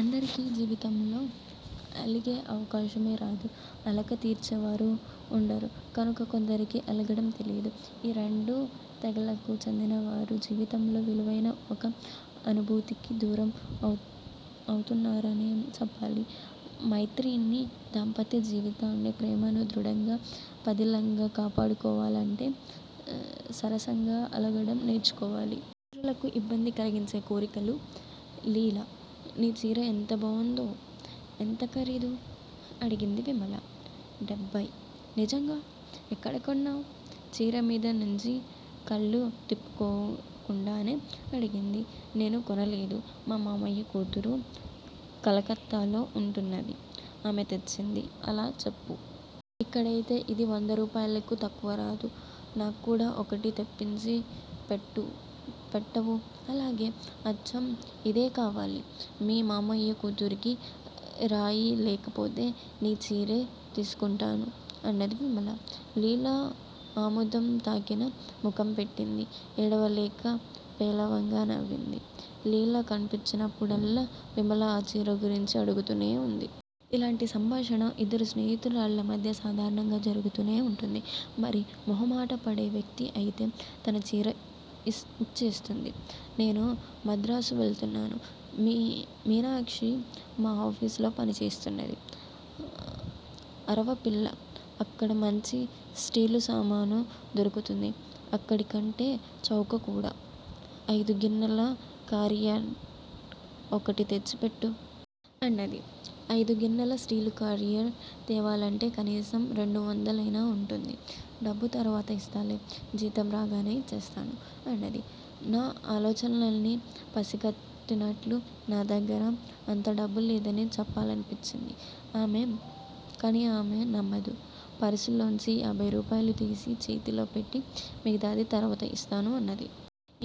అందరికి జీవితంలో అలిగే అవకాశమే రాదు అలక తీర్చేవారు ఉండరు కనుక కొందరికి అలగడం తెలియదు. ఈ రెండు తెగలకు చెందినవారు జీవితంలో విలువైన ఒక అనుభూతికి దూరం అవు అవుతున్నారనే చెప్పాలి. మైత్రిని దాంపత్య జీవితాన్నీ ప్రేమనూ దృఢంగా పదిలంగా కాపాడుకోవాలంటే సరసంగా అలగడం నేర్చుకోవాలి. ఇతరులకు ఇబ్బంది కలిగించే కోరికలు లీలా! నీ చీర ఎంత బాగుందో? ఎంత ఖరీదు? అడిగింది విమల. డెబ్బయ్! నిజంగా? ఎక్కడ కొన్నావ్? చీర మీద నుంచి కళ్ళు తిప్పుకోకుండానే అడిగింది. నేను కొనలేదు. మా మామయ్య కూతురు కలకత్తాలో ఉంటున్నది. ఆమె తెచ్చింది. అలా చెప్పు! ఇక్కడైతే ఇది వందరూపాయలకు తక్కువ రాదు. నాక్కూడా ఒకటి తెప్పించి పెట్టు పెట్టవూ? అలాగే! అచ్చం ఇదే కావాలి! మీ మావయ్య కూతురికి రాయి లేకపోతే నీ చీరే తీసుకుంటాను అన్నది విమల. లీల ఆముదం తాగిన ముఖం పెట్టింది. ఏడవలేక పేలవంగా నవ్వింది. లీల కన్పించినప్పుడల్లా విమల ఆ చీర గురించి అడుగుతూనే ఉన్నది. ఇలాంటి సంభాషణ ఇద్దరు స్నేహితురాళ్ళ మధ్య సాధారణంగా జరుగుతూనే ఉంటుంది. మరీ మొహమాటపడే వ్యక్తి అయితే తన చీరే ఇ ఇచ్చేస్తుంది. నేను మద్రాసు వెళ్తున్నాను. మీనాక్షి మా ఆఫీసులో పనిచేస్తున్నది. అరవపిల్ల అక్కడ మంచి స్టీలు సామాను దొరుకుతుంది అక్కడి కంటే చౌక కూడా. ఐదు గిన్నెల కారియర్ ఒకటి తెచ్చి పెట్టు! అన్నది. ఐదు గిన్నెల స్టీలు కారియర్ తేవాలంటే కనీసం రెండు వందలైనా ఉంటుంది. డబ్బు తర్వాత ఇస్తాలే. జీతం రాగానే ఇచ్చేస్తాను అన్నది నా ఆలోచనల్ని పసికట్టినట్లు. నా దగ్గర అంత డబ్బులేదని చెప్పాలనిపించింది. ఆమె కాని ఆమె నమ్మదు. పర్సులోంచి యాభై రూపాయలు తీసి చేతిలో పెట్టి మిగతాది తర్వాత ఇస్తాను అన్నది.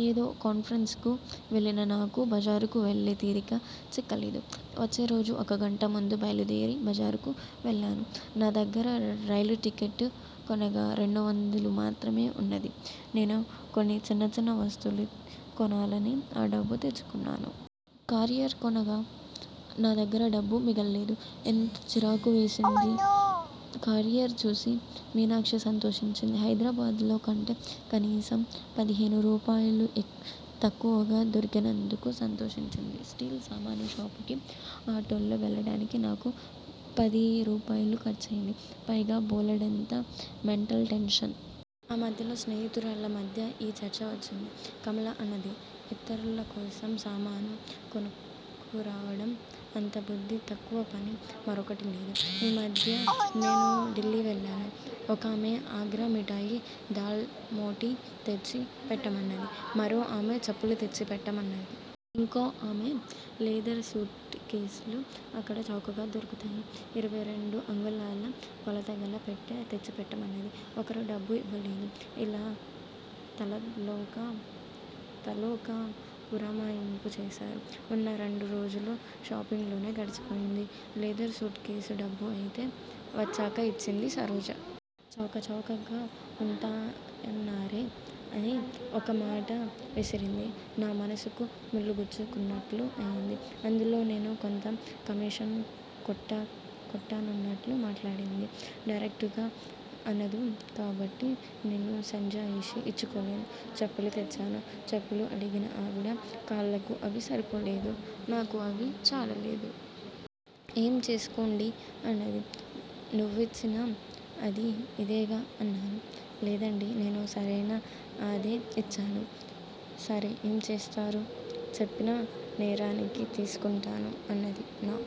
ఏదో కాన్ఫరెన్సుకు వెళ్ళిన నాకు బజారుకు వెళ్ళే తీరిక చిక్కలేదు. వచ్చే రోజు ఒక గంట ముందు బయలుదేరి బజారుకు వెళ్ళాను. నా దగ్గిర రైలు టికెట్ కొనగా రెండు వందలు మాత్రమే ఉన్నది. నేను కొన్ని చిన్న చిన్న వస్తువులు కొనాలని ఆ డబ్బు తెచ్చుకున్నాను. కారియర్ కొనగ నా దగ్గర డబ్బు మిగల్లేదు. ఎంత చిరాకు వేసింది. కారియర్ చూసి మీనాక్షి సంతోషించింది. హైదరాబాద్ లో కంటే కనీసం పదిహేను రూపాయలు తక్కువగా దొరికినందుకు సంతోషించింది. స్టీల్ సామాను షాపుకి ఆటోలో వెళ్ళడానికి నాకు పది రూపాయలు ఖర్చయింది. పైగా బోలెడంత మెంటల్ టెన్షన్. ఆ మధ్యలో స్నేహితురాళ్ళ మధ్య ఈ చర్చ వచ్చింది. కమల అన్నది ఇతర్ల కోసం సామాను కొనుక్కురావడం అంతబుద్ధి తక్కువపని మరొకటి లేదు. ఈ మధ్య నేను ఢిల్లీ వెళ్ళాను. ఒకామె ఆగ్రా మిఠాయి దాల్ మోటీ తెచ్చి పెట్టమన్నది. మరో ఆమె చెప్పులు తెచ్చి పెట్టమన్నది. ఇంకో ఆమె లెదర్ సూట్ కేస్ లు అక్కడ చౌకగా దొరుకుతాయి. ఇరవై రెండు అంగుళాల కొలతగల పెట్టె తెచ్చిపెట్టమన్నది. ఒక్కరూ డబ్బు ఇవ్వలేదు. ఇలా తలలోక తలొక పురమాయింపు చేశారు. ఉన్న రెండు రోజులూ షాపింగ్ లోనే గడిచిపోయింది. లెదర్ సూట్ కేసు డబ్బు అయితే వచ్చాక ఇచ్చింది సరోజ. చౌక చౌకగా ఉంటాయన్నారే అని ఒక మాట విసిరింది. నా మనసుకు ముల్లు గుచ్చుకున్నట్లు అయింది. అందులో నేను కొంత కమీషన్ కొట్టా కొట్టానన్నట్లు మాట్లాడింది. డైరెక్టుగా అనదు కాబట్టి నేను సంజాయిషీ ఇచ్చుకోలేను. చెప్పులు తెచ్చాను. చెప్పులు అడిగిన ఆవిడ కాళ్ళకు అవి సరిపోలేదు. నాకు అవి చాలలేదు. ఏం చేసుకోండీ! అన్నది. నువ్విచ్చిన ఆది ఇదేగా అన్నాను. లేదండీ నేను సరైన ఆదే ఇచ్చాను. సరే ఏం చేస్తారు. చెప్పిన నేరానికి తీసుకుంటాను అన్నది. నా